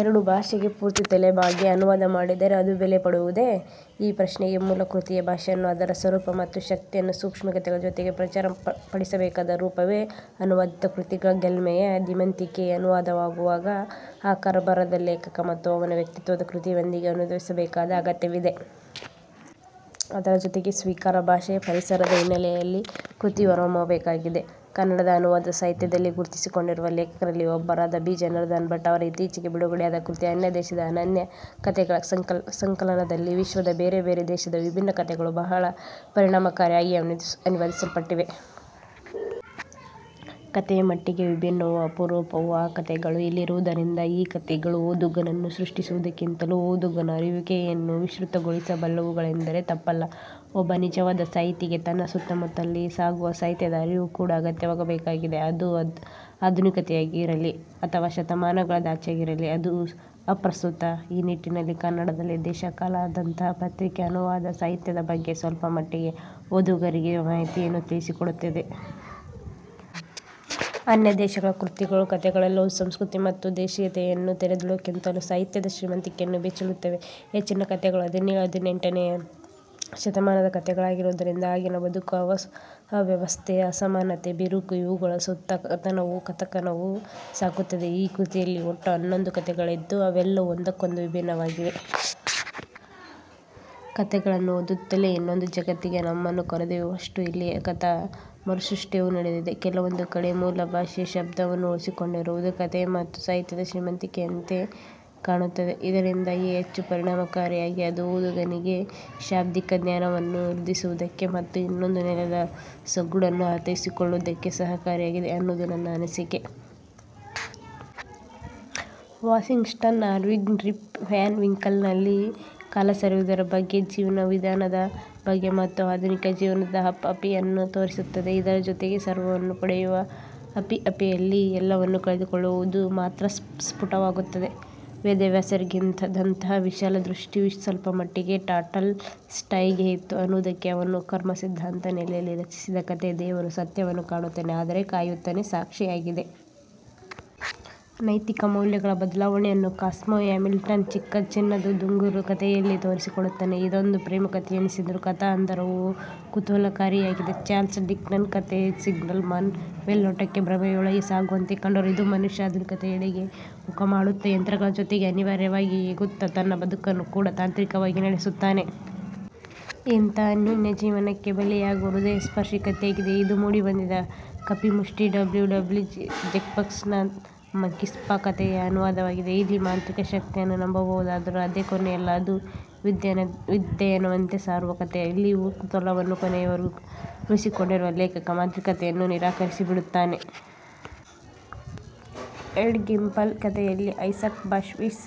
ಎರಡು ಭಾಷೆಗೆ ಪೂರ್ತಿ ತಲೆಬಾಗಿ ಅನುವಾದ ಮಾಡಿದರೆ ಅದು ಬೆಲೆ ಪಡೆಯುವುದೆ? ' ಈ ಪ್ರಶ್ನೆಗೆ ಮೂಲ ಕೃತಿಯ ಭಾಷೆಯನ್ನು ಅದರ ಸ್ವರೂಪ ಮತ್ತು ಶಕ್ತಿಯನ್ನು ಸೂಕ್ಷ್ಮತೆಗಳ ಜೊತೆಗೆ ಪ್ರಚಾರ ಪಡಿಸಬೇಕಾದ ರೂಪವೇ ಅನುವಾದಿತ ಕೃತಿಗಳ ಗೆಲ್ಮೆಯ ಧೀಮಂತಿಕೆ. ಅನುವಾದವಾಗುವಾಗ ಆಕರ ಬರಹದ ಲೇಖಕ ಮತ್ತು ಅವನ ವ್ಯಕ್ತಿತ್ವದ ಕೃತಿಯೊಂದಿಗೆ ಅನುವಾದಿಸಬೇಕಾದ ಅಗತ್ಯವಿದೆ. ಅದರ ಜೊತೆಗೆ ಸ್ವೀಕಾರ ಭಾಷೆಯ ಪರಿಸರದ ಹಿನ್ನಲೆಯಲ್ಲಿ ಕೃತಿ ಹೊರಹೊಮ್ಮಬೇಕಾಗಿದೆ. ಕನ್ನಡದ ಅನುವಾದ ಸಾಹಿತ್ಯದಲ್ಲಿ ಗುರುತಿಸಿಕೊಂಡಿರುವ ಲೇಖಕರಲ್ಲಿ ಒಬ್ಬರಾದ 'ಬಿ. ಜನಾರ್ಧನ ಭಟ್' ಅವರ ಇತ್ತೀಚೆಗೆ ಬಿಡುಗಡೆಯಾದ ಕೃತಿ 'ಅನ್ಯ ದೇಶದ ಅನನ್ಯ ಕತೆಗಳು'. ಈ ಸಂಕಲನದಲ್ಲಿ ವಿಶ್ವದ ಬೇರೆ ಬೇರೆ ದೇಶದ ವಿಭಿನ್ನ ಕಥೆಗಳು ಬಹಳ ಪರಿಣಾಮಕಾರಿಯಾಗಿ ಅನುವಾದಿಸಲ್ಪಟ್ಟಿವೆ. ಕಥೆಯ ಮಟ್ಟಿಗೆ ವಿಭಿನ್ನವೂ, ಅಪರೂಪವೂ ಆದ ಕಥೆಗಳು ಇಲ್ಲಿರುವುದರಿಂದ ಈ ಕಥೆಗಳು ಓದುಗನನ್ನು ಸೃಷ್ಟಿಸುವುದಕ್ಕಿಂತಲೂ ಓದುಗನ ಅರಿಯುವಿಕೆಯನ್ನು ವಿಸೃತಗೊಳಿಸಬಲ್ಲವುಗಳೆಂದರೆ ತಪ್ಪಲ್ಲ. ಒಬ್ಬ ನಿಜವಾದ ಸಾಹಿತಿಗೆ ತನ್ನ ಸುತ್ತಮುತ್ತಲಲ್ಲಿ ಸಾಗುವ ಸಾಹಿತ್ಯದ ಅರಿವು ಕೂಡ ಅಗತ್ಯವಾಗಿಬೇಕಾಗಿದೆ. ಅದು ಆಧುನಿಕತೆಯದ್ದಾಗಿರಲಿ ಅಥವಾ ಶತಮಾನಗಳಾದಾಚೆಯಾಗಿರಲಿ, ಅದು ಅಪ್ರಸ್ತುತ. ಈ ನಿಟ್ಟಿನಲ್ಲಿ ಕನ್ನಡದಲ್ಲಿ 'ದೇಶಕಾಲ'ದಂತಹ ಪತ್ರಿಕೆ ಅನುವಾದ ಸಾಹಿತ್ಯದ ಬಗ್ಗೆ ಸ್ವಲ್ಪ ಮಟ್ಟಿಗೆ ಓದುಗರಿಗೆ ಮಾಹಿತಿಯನ್ನ ತಿಳಿಸಿಕೊಡುತ್ತಿದೆ. 'ಅನ್ಯ ದೇಶಗಳ' ಕೃತಿಯ ಕಥೆಗಳೆಲ್ಲವೂ ಸಂಸ್ಕೃತಿ ಮತ್ತು ದೇಸೀಯತೆಯನ್ನು ತೆರೆದಿಡುವುದಕ್ಕಿಂತಲೂ ಸಾಹಿತ್ಯದ ಶ್ರೀಮಂತಿಕೆಯನ್ನು ಬಿಚ್ಚಿಡುತ್ತವೆ. ಹೆಚ್ಚಿನ ಕಥೆಗಳು ಹದಿನೇಳು, ಹದಿನೆಂಟನೆಯ ಶತಮಾನದ ಕಥೆಗಳಾಗಿರುವುದರಿಂದ ಆಗಿನ ಬದುಕು, ಅವ್ಯವಸ್ಥೆ, ಅಸಮಾನತೆ, ಬಿರುಕು ಇವುಗಳ ಸುತ್ತಾ ಕಥನಕವು ಸಾಗುತ್ತದೆ. ಈ ಕೃತಿಯಲ್ಲಿ ಒಟ್ಟು ಹನ್ನೊಂದು ಕಥೆಗಳಿದ್ದು ಅವೆಲ್ಲವೂ ಒಂದಕ್ಕೊಂದು ವಿಭಿನ್ನವಾಗಿವೆ. ಕಥೆಗಳನ್ನು ಓದುತ್ತಲೇ ಇನ್ನೊಂದು ಜಗತ್ತಿಗೆ ನಮ್ಮನ್ನು ಕರೆದೊಯ್ಯುವಷ್ಟು ಇಲ್ಲಿಯ ಕಥಾ ಮರುಸೃಷ್ಟಿಯೂ ನಡೆದಿದೆ. ಕೆಲವೊಂದು ಕಡೆ ಮೂಲ ಭಾಷೆಯ ಶಬ್ದವನ್ನು ಉಳಿಸಿಕೊಂಡಿರುವುದು ಕಥೆಯ ಮತ್ತು ಸಾಹಿತ್ಯದ ಶ್ರೀಮಂತಿಕೆಯಂತೆ ಕಾಣುತ್ತದೆ. ಇದರಿಂದಾಗಿ ಹೆಚ್ಚು ಪರಿಣಾಮಕಾರಿಯಾಗಿ ಅದು ಓದುಗನಿಗೆ ಶಾಬ್ದಿಕ ಜ್ಞಾನವನ್ನೂ ವೃದ್ಧಿಸುವುದಕ್ಕೆ ಮತ್ತು ಇನ್ನೊಂದು ನೆಲದ ಸೊಗಡನ್ನು ಅರ್ಥೈಸಿಕೊಳ್ಳುವುದಕ್ಕೆ ಸಹಕಾರಿಯಾಗಿದೆ ಅನ್ನುವುದು ನನ್ನ ಅನಿಸಿಕೆ. ವಾಷಿಂಗ್ಟನ್ ಐರ್ವಿಂಗ್ನ 'ರಿಪ್ ವ್ಯಾನ್ ವಿಂಕಲ್'ನಲ್ಲಿ ಕಾಲ ಸರಿಯುವುದರ ಬಗ್ಗೆ, ಜೀವನ ವಿಧಾನದ ಬಗ್ಗೆ ಮತ್ತು ಆಧುನಿಕ ಜೀವನದ ಹಪಹಪಿಯನ್ನ ತೋರಿಸುತ್ತದೆ. ಇದರ ಜೊತೆಗೆ ಸರ್ವವನ್ನೂ ಪಡೆಯುವ ಹಪಿಹಪಿಯಲ್ಲಿ ಎಲ್ಲವನ್ನೂ ಕಳೆದುಕೊಳ್ಳುವುದು ಮಾತ್ರ ಸ್ಪುಟವಾಗುತ್ತದೆ. ವೇದವ್ಯಾಸರಿಗಿದ್ದಂತಹ ವಿಶಾಲ ದೃಷ್ಟಿ ಸ್ವಲ್ಪಮಟ್ಟಿಗೆ ಟಾಲ್ ಸ್ಟಾಯ್ ಗೆ ಇತ್ತು ಅನ್ನುವುದಕ್ಕೆ ಅವನು ಕರ್ಮಸಿದ್ಧಾಂತದ ನೆಲೆಯಲ್ಲಿ ರಚಿಸಿದ ಕಥೆ, 'ದೇವರು ಸತ್ಯವನ್ನು ಕಾಣುತ್ತಾನೆ, ಆದರೆ ಕಾಯುತ್ತಾನೆ' ಸಾಕ್ಷಿಯಾಗಿದೆ. ನೈತಿಕ ಮೌಲ್ಯಗಳ ಬದಲಾವಣೆಯನ್ನು ಕಾಸ್ಮೋ ಹ್ಯಾಮಿಲ್ಟನ್ 'ಚಿಕ್ಕ ಚಿನ್ನದುಂಗುರ' ಕಥೆಯಲ್ಲಿ ತೋರಿಸಿಕೊಡುತ್ತಾನೆ. ಇದೊಂದು ಪ್ರೇಮಕಥೆಯಿನಿಸಿದರೂ ಕಥಾ ಹಂದರವು ಕುತೂಹಲಕಾರಿಯಾಗಿದೆ. ಚಾರ್ಲ್ಸ್ ಡಿಕನ್ಸ್ನ ಕಥೆ 'ಸಿಗ್ನಲ್ ಮನ್' ಮೇಲ್ನೋಟಕ್ಕೆ ಭ್ರಮೆಯೊಳಗೆ ಸಾಗುವಂತೆ ಕಂಡರೂ ಇದು ಮನುಷ್ಯ ಆಧುನಿಕತೆಯೆಡೆಗೆ ಮುಖಮಾಡುತ್ತಾ ಯಂತ್ರಗಳ ಜೊತೆಗೆ ಅನಿವಾರ್ಯವಾಗಿ ಏಗುತ್ತಾ ತನ್ನ ಬದುಕನ್ನು ಕೂಡ ಯಾಂತ್ರಿಕವಾಗಿ ನಡೆಸುತ್ತಾನೆ. ಇಂತಹ ಅನೂಹ್ಯ ಜೀವನಕ್ಕೆ ಬಲಿಯಾಗುವ ಹೃದಯಸ್ಪರ್ಶಿ ಕಥೆಯಾಗಿದೆ ಇದು ಮೂಡಿಬಂದಿದೆ. 'ಕಪಿ ಮುಷ್ಟಿ' ಡಬ್ಲ್ಯು ಡಬ್ಲ್ಯು ಜೇಕಬ್ಸ್ ನ 'ದ ಮಂಕೀಸ್ ಪಾ' ಕಥೆಯ ಅನುವಾದವಾಗಿದೆ. ಇಲ್ಲಿ ಮಾಂತ್ರಿಕ ಶಕ್ತಿಯನ್ನು ನಂಬಬಹುದಾದರೂ ಅದೇ ಕೊನೆಯಲ್ಲ. ಅದು ಮಿಥ್ಯೆಯೆನ್ನುವಂತೆ ಸಾರುವ ಕಥೆ. ಇಲ್ಲಿಯೂ ಕುತೂಹಲವನ್ನು ಕೊನೆಯವರೆಗೂ ಉಳಿಸಿಕೊಂಡಿರುವ ಲೇಖಕ ಮಾಂತ್ರಿಕತೆಯನ್ನು ನಿರಾಕರಿಸಿಬಿಡುತ್ತಾನೆ. 'ಹೆಡ್ಡ ಗಿಂಪೆಲ್' ಕಥೆಯಲ್ಲಿ ಐಸಾಕ್ ಬಾಷೆವಿಸ್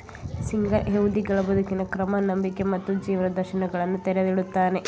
ಸಿಂಗರ್ ಯಹೂದಿಗಳ ಬದುಕಿನ ಕ್ರಮ, ನಂಬಿಕೆ ಮತ್ತು ಜೀವನದರ್ಶನಗಳನ್ನು ತೆರೆದಿಡುತ್ತಾನೆ.